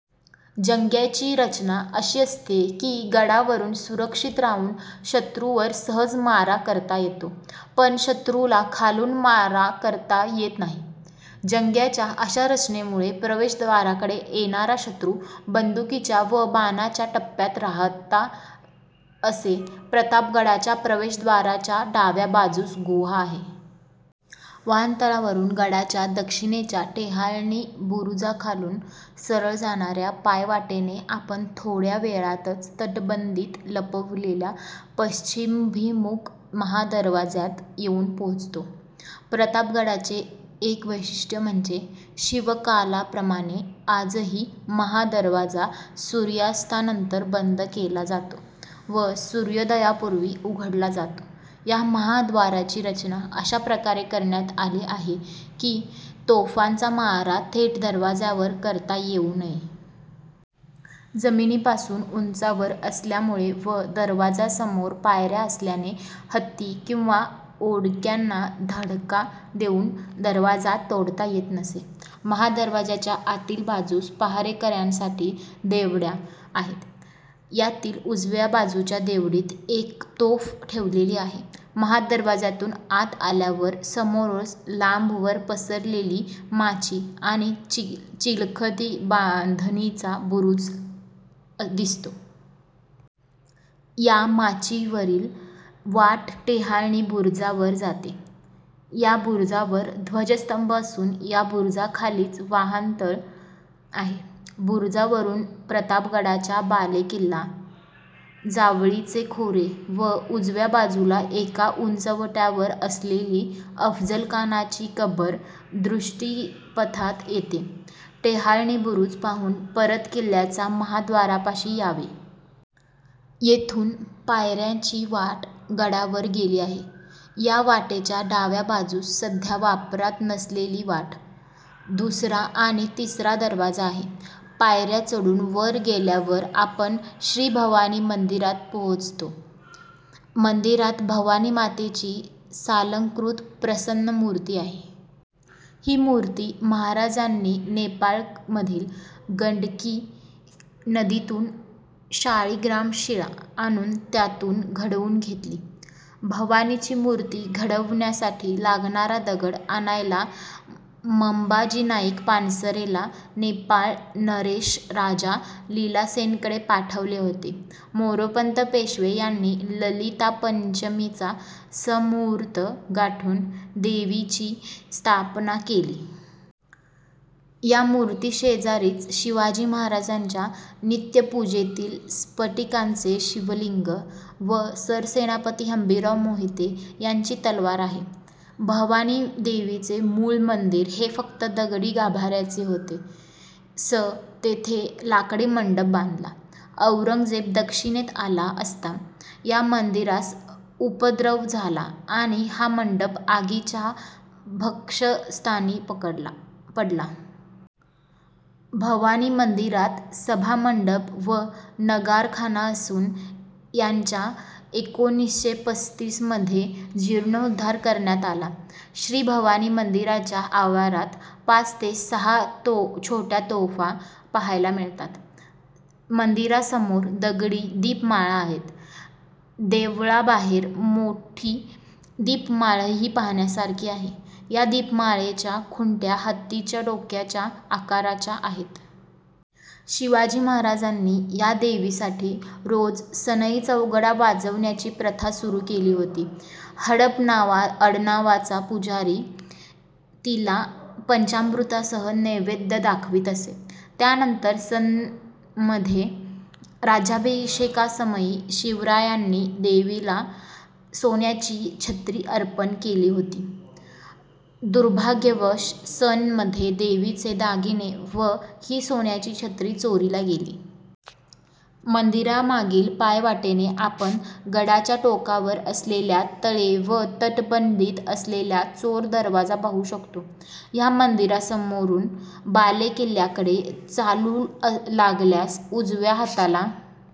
जंग्यांची रचना अशी असते की, गडावरून सुरक्षित राहून शत्रूवर सहज मारा करता येतो, पण शत्रूला खालून मारा करता येत नाही. जंग्यांच्या अशा रचनेमुळे प्रवेशद्वाराकडे येणारा शत्रु, बंदुकीच्या व बाणांच्या टप्प्यात रहात असे. प्रतापगडाच्या प्रवेशव्दाराच्या डाव्या बाजूस गुहा आहे. वाहनतळावरून गडाच्या दक्षिणेच्या टेहळणी बुरुजाखालून सरळ जाणाऱ्या पायवाटेने आपण थोड्या वेळातच तटबंदीत लपविलेल्या पश्चिमाभिमुख महादरवाज्यात येऊन पोहोचतो. प्रतापगडाचे एक वैशिष्ट्य म्हणजे शिवकालाप्रमाणे आजही महादरवाजा सूर्यास्तानंतर बंद केला जातो व सूर्योदयापूर्वी उघडला जातो. या महाद्वाराची रचना अशा प्रकारे करण्यात आली आहे की, तोफांचा मारा थेट दरवाजावर करता येऊ नये. जमिनीपासून उंचावर असल्यामुळे व दरवाजासमोर पायऱ्या असल्याने हत्ती किंवा ओंडक्यांनी धडका देवून दरवाजा तोडता येत नसे. महाद्वाराच्या आतील बाजूस पहारेकऱ्यासाठी देवड्या आहेत. यातील उजव्या बाजूच्या देवडीत एक तोफ ठेवलेली आहे. महाद्वारातून आत आल्यावर समोरच लांबवर पसरलेली माची आणि चिलखती बांधणीचा बुरूज दिसतो. या माचीवरील वाट टेहळणी बूरुजावर जाते. या बुरुजावर ध्वजस्तंभ असुन या बुरुजाखालीच वहानतळ आहे. बुरुजावरून प्रतापगडाचा बालेकिल्ला, जावळीचे खोरे व उजव्या बाजूला एका उंचवट्यावर असलेली अफजलखानाची कबर दृष्टीपथात येते. टेहळणी बुरुज पाहून परत किल्ल्याच्या महाद्वारापाशी यावे. येथून पायऱ्याची वाट गडावर गेली आहे. या वाटेच्या डाव्या बाजूस सध्या वापरात नसलेली वाट, दूसरा आणि तिसरा दरवाजा आहे. पायऱ्या चढून वर गेल्यावर आपण श्रीभवानी मंदिरात पोहोचतो. मंदिरात भवानीमातेची सालंकृत प्रसन्न मूर्ती आहे. ही मूर्ती महाराजांनी नेपाळमधील गंडकी नदीतून शाळीग्राम शिळा आणून त्यातून घडवून घेतली. भवानीची मूर्ती घडवण्यासाठी लागणारा दगड आणायला मंबाजी नाईक पानसरेला नेपाळ नरेश राजा लीलासेनकडे पाठवले होते. मोरोपंत पेशवे याने ललिता पंचमीचा सुमुहूर्त गाठून देवीची स्थापना केली. या मूर्तीशेजारीच शिवाजी महाराजांच्या नित्य पूजेतील स्फटिकाचे शिवलिंग व सरसेनापती हंबीरराव मोहिते यांची तलवार आहे. भवानी देवीचे मूळ मंदिर हे फक्त दगडी गाभाऱ्याचे होते. स. तेथे लाकडी मंडप बांधला. औरंगजेब दक्षिणेत आला असता या मंदिरास उपद्रव झाला आणि हा मंडप आगीच्या भक्ष्यस्थानी पडला. भवानीमंदिरात सभामंडप व नगारखाना असुन यांचा एकोणीसशे पस्तीस मध्ये जिर्णोद्धार करण्यात आला. श्रीभवानी मंदिराच्या आवारात पाच ते सहा छोट्या तोफा पाहायला मिळतात. मंदिरासमोर दगडी दिपमाळा आहेत. देवळाबाहेर मोठी दीपमाळही पाहण्यासारखी आहे. ह्या दीपमाळेवरच्या खुंट्या हत्तीच्या डोक्याच्या आकाराच्या आहेत. शिवाजी महाराजांनी या देवीसाठी रोज सनई चौघडा वाजविण्याची प्रथा सुरू केली होती. हडप आडनावाचा पुजारी तिला पंचामृतासह नैवेद्य दाखवीत असे. त्यानंतर सन मध्ये राज्याभिषेकासमयी शिवरायांनी देवीला सोन्याची छत्री अर्पण केली होती. दुर्भाग्यवश सन मध्ये देवीचे दागिने व ही सोन्याची छत्री चोरीला गेली. मंदिरामागील पायवाटेने आपण गडाच्या टोकावर असलेल्या तळे व तटबंदीत असलेला चोर दरवाजा पाहू शकतो. ह्या मंदिरासमोरून बालेकिल्ल्याकडे चालू लागल्यास उजव्या हाताला